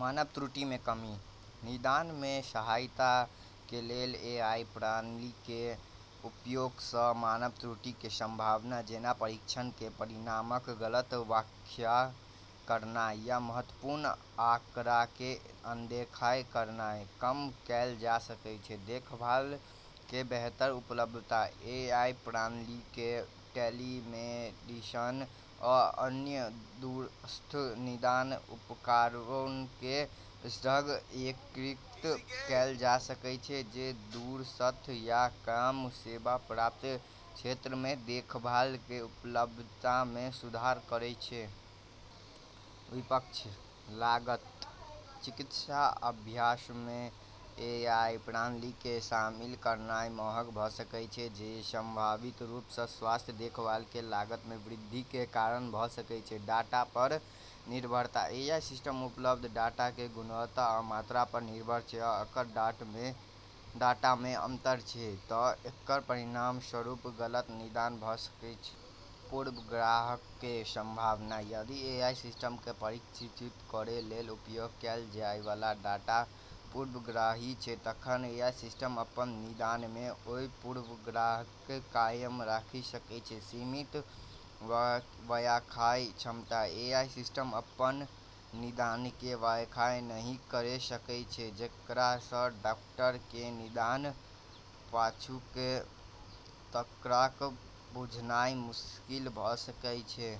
मानव त्रुटिमे कमी: निदानमे सहायताके लेल एआई प्रणालीके उपयोगसँ मानव त्रुटिके संभावना, जेना परीक्षणके परिणामक गलत व्याख्या करनाइ या महत्वपूर्ण आँकड़ाके अनदेखी करनाइ, कम कैल जा सकै छै। देखभालके बेहतर उपलब्धता: एआई प्रणालीके टेलीमेडिसिन आ अन्य दूरस्थ निदान उपकरणके सङ्ग एकीकृत कैल जा सकै छै, जे दूरस्थ या कम सेवा प्राप्त क्षेत्रमे देखभालके उपलब्धतामे सुधार करैत छै। विपक्ष: लागत: चिकित्सा अभ्यासमे एआई प्रणालीके शामिल करनाइ महग भ' सकै छै, जे संभावित रूपसँ स्वास्थ्य देखभालके लागतमे वृद्धिके कारण भ' सकै छै। डाटा पर निर्भरता: एआई सिस्टम उपलब्ध डाटाके गुणवत्ता आ मात्रा पर निर्भर छै, आ अगर डाटामे अंतर छै त' एकर परिणामस्वरूप गलत निदान भ' सकै छै। पूर्वाग्रहके संभावना: यदि एआई सिस्टमके प्रशिक्षित करैके लेल उपयोग कैल जाइबला डाटा पूर्वाग्रही छै, तखन एआई सिस्टम अपन निदानमे ओइ पूर्वाग्रहके कायम राखि सकै छै। सीमित व्याख्या क्षमता: एआई सिस्टम अपन निदानके व्याख्या नहि करि सकै छै, जेकरासँ डॉक्टरके निदानके पाछूके तर्कके बुझनाइ मुश्किल भ' सकै छै।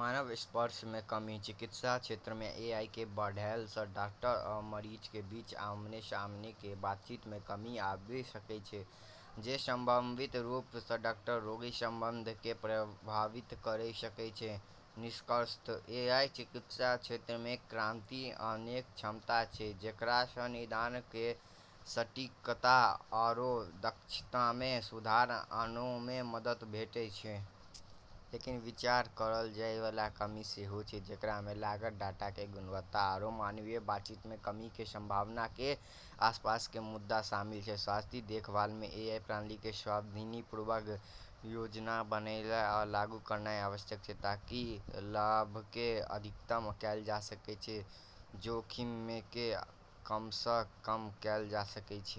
मानव स्पर्शमे कमी: चिकित्सा क्षेत्रमे एआईके बढ़लासँ डॉक्टर आ मरीजक बीच आमने-सामनेके बातचीत मे कमी आबि सकै छै, जे संभावित रूपसँ डॉक्टर-रोगी संबंधके प्रभावित करि सकै छै। निष्कर्षतः, एआईमे चिकित्सा क्षेत्रमे क्रांति आनैके क्षमता छै, जेकरासँ निदान केर सटीकता आओर दक्षतामे सुधार आनैमे मदद भेटै छै। लेकिन विचार करल जाइबला कमी सेहो छै, जेकरामे लागत, डाटाके गुणवत्ता, आओर मानवीय बातचीतमे कमीके संभावनाके आसपासके मुद्दा शामिल छै। स्वास्थ्य देखभालमे एआई प्रणालीके सावधानीपूर्वक योजना बनेनाइ आ लागू करनाइ आवश्यक छै, ताकि लाभके अधिकतम कैल जा सकै आ जोखिमके कमसँ कम कैल जा सकै।